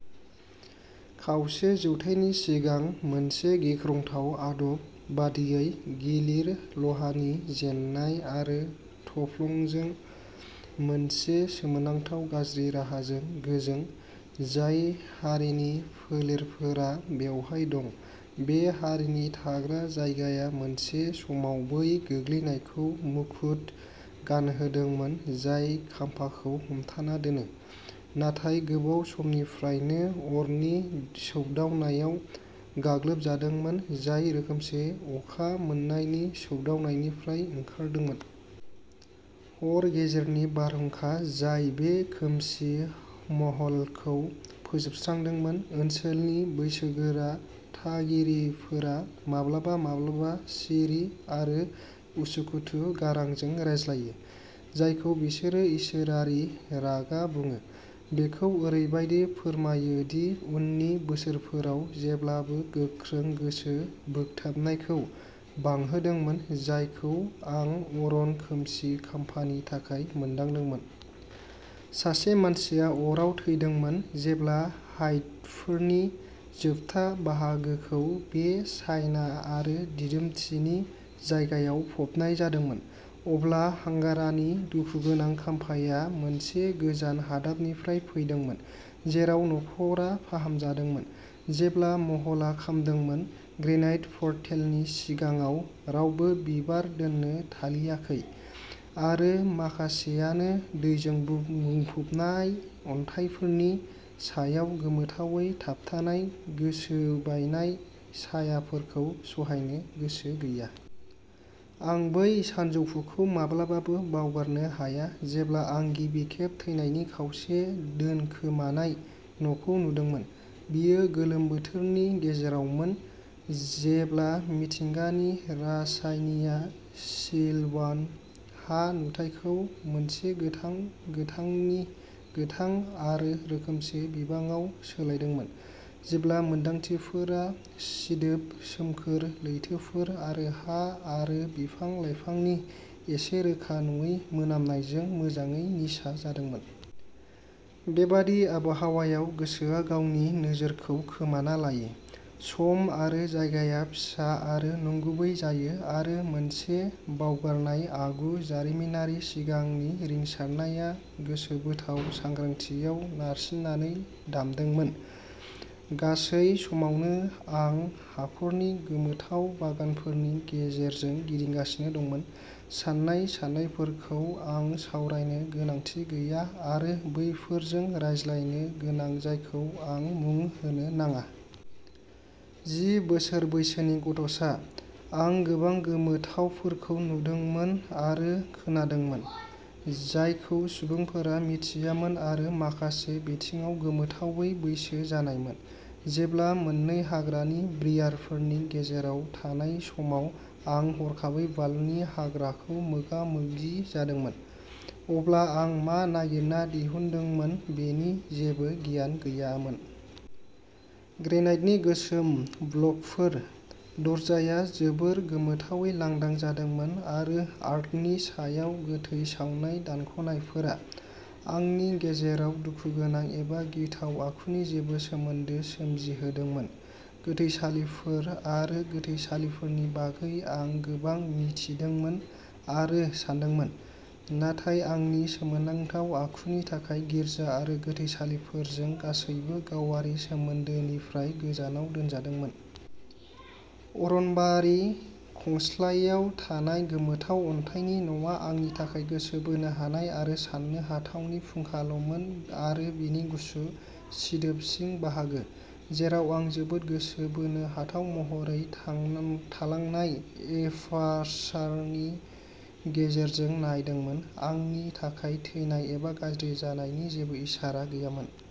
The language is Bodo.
खावसे जौथायनि सिगां मोनसे गिख्रंथाव आदब बादियै, गिलिर लहानि जेन्नाय आरो थफ्लंजों मोनसे सोमोनांथाव गाज्रि राहाजों गोजों। जाय हारिनि फोलेरफोरा बेवहाय दं, बे हारिनि थाग्रा जायगाया मोनसे समाव बै गोग्लैनायखौ मुखुत गानहोदोंमोन जाय खाम्फाखौ हमथाना दोनो, नाथाय गोबाव समनिफ्रायनो अरनि सौदावनायाव गाग्लोबजादोंमोन, जाय रोखोमसे अखा मोन्नायनि सौदावनायनिफ्राय ओंखारदोंमोन। हर गेजेरनि बारहुंखा जाय बे खोमसि महलखौ फोजोबस्रांदोंमोन, ओनसोलनि बैसोगोरा थागिरिफोरा माब्लाबा माब्लाबा सिरि आरो उसुखुथु गारांजों रायज्लायो, जायखौ बिसोरो इसोरारि रागा बुङो, बेखौ ओरैबायदि फोरमायो दि उननि बोसोरफोराव जेब्लाबो गोख्रों गोसो बोगथाबनायखौ बांहोदोंमोन जायखौ आं अरन खोमसि खाम्फानि थाखाय मोनदांदोंमोन। सासे मानसिया अराव थैदोंमोन। जेब्ला हाइडफोरनि जोबथा बाहागोखौ बे सायना आरो दिदोमथिनि जायगायाव फबनाय जादोंमोन, अब्ला हांगारानि दुखुगोनां खामफाया मोनसे गोजान हादाबनिफ्राय फैदोंमोन, जेराव न'खरआ फाहामदोंमोन। जेब्ला महलआ खामदोंमोन। ग्रेनाइट पर्टेलनि सिगाङाव रावबो बिबार दोन्नो थालियाखै आरो माखासेआनो दैजों बुंफबनाय अन्थाइफोरनि सायाव गोमोथावै थाबथानाय गोसोबायनाय सायाफोरखौ सहायनो गोसो गैया। आं बै सानजौफुखौ माब्लाबाबो बावगारनो हाया जेब्ला आं गिबि खेब थैनायनि खावसे दोनखोमानाय न'खौ नुदोंमोन। बेयो गोलोम बोथोरनि गेजेरावमोन, जेब्ला मिथिंगानि रासायनिया सिलवान हा नुथायखौ मोनसे गोथां गोथांनि गोथां आरो रोखोमसे बिबाङाव सोलायदोंमोन, जेब्ला मोनदांथिफोरा सिदोब सोमखोर लैथोफोर आरो हा आरो बिफां लाइफांनि एसे रोखा नङि मोनामनायजों मोजाङै निसा जादोंमोन। बेबादि आबहावायाव गोसोआ गावनि नोजोरखौ खोमाना लायो, सम आरो जायगाया फिसा आरो नंगुबै जायो आरो मोनसे बावगारनाय आगु जारिमिनारि सिगांनि रिंसारनाया गोसोबोथाव सांग्रांथियाव नारसिननानै दामदोंमोन। गासै समावनो आं हाखरनि गोमोथाव बागानफोरनि गेजेरजों गिदिंगासिनो दंमोन, साननाय साननायफोरखौ आं सावरायनो गोनांथि गैया आरो बैफोरजों रायज्लायनो गोनां जायखौ आं मुं होनो नाङा। जि बोसोर बैसोनि गथ'सा, आं गोबां गोमोथावफोरखौ नुदोंमोन आरो खोनादोंमोन, जायखौ सुबुंफोरा मिथियामोन आरो माखासे बिथिङाव गोमोथावै बैसो जानायमोन। जेब्ला, मोननै हाग्रानि ब्रियारफोरनि गेजेराव थानाय समाव आं हरखाबै वालनि हाग्राखौ मोगा मोगि जादोंमोन, अब्ला आं मा नागिरना दिहुनदोंमोन बेनि जेबो गियान गैयामोन। ग्रेनाइटनि गोसोम ब्लकफोर, दरजाया जोबोर गोमोथावै लांदां जादोंमोन आरो आर्कनि सायाव गोथै सावनाय दानख'नायफोरा, आंनि गेजेराव दुखुगोनां एबा गिथाव आखुनि जेबो सोमोन्दो सोमजिहोदोंमोन। गोथैसालिफोर आरो गोथैसालिफोरनि बागै आं गोबां मिथिदोंमोन आरो सानदोंमोन, नाथाय आंनि सोमोनांथाव आखुनि थाखाय गिर्जा आरो गोथैसालिफोरजों गासैबो गावारि सोमोन्दोनिफ्राय गोजानाव दोनजादोंमोन। अरनबारि खंस्लायआव थानाय गोमोथाव अन्थाइनि न'आ आंनि थाखाय गोसो बोनो हानाय आरो सान्नो हाथावनि फुंखा ल'मोन आरो बेनि गुसु, सिदोब सिं बाहागो, जेराव आं जोबोद गोसो बोनो हाथाव महरै थांलां थालांनाय एपार्सारनि गेजेरजों नायदोंमोन, आंनि थाखाय थैनाय एबा गाज्रि जानायनि जेबो इसारा गैयामोन।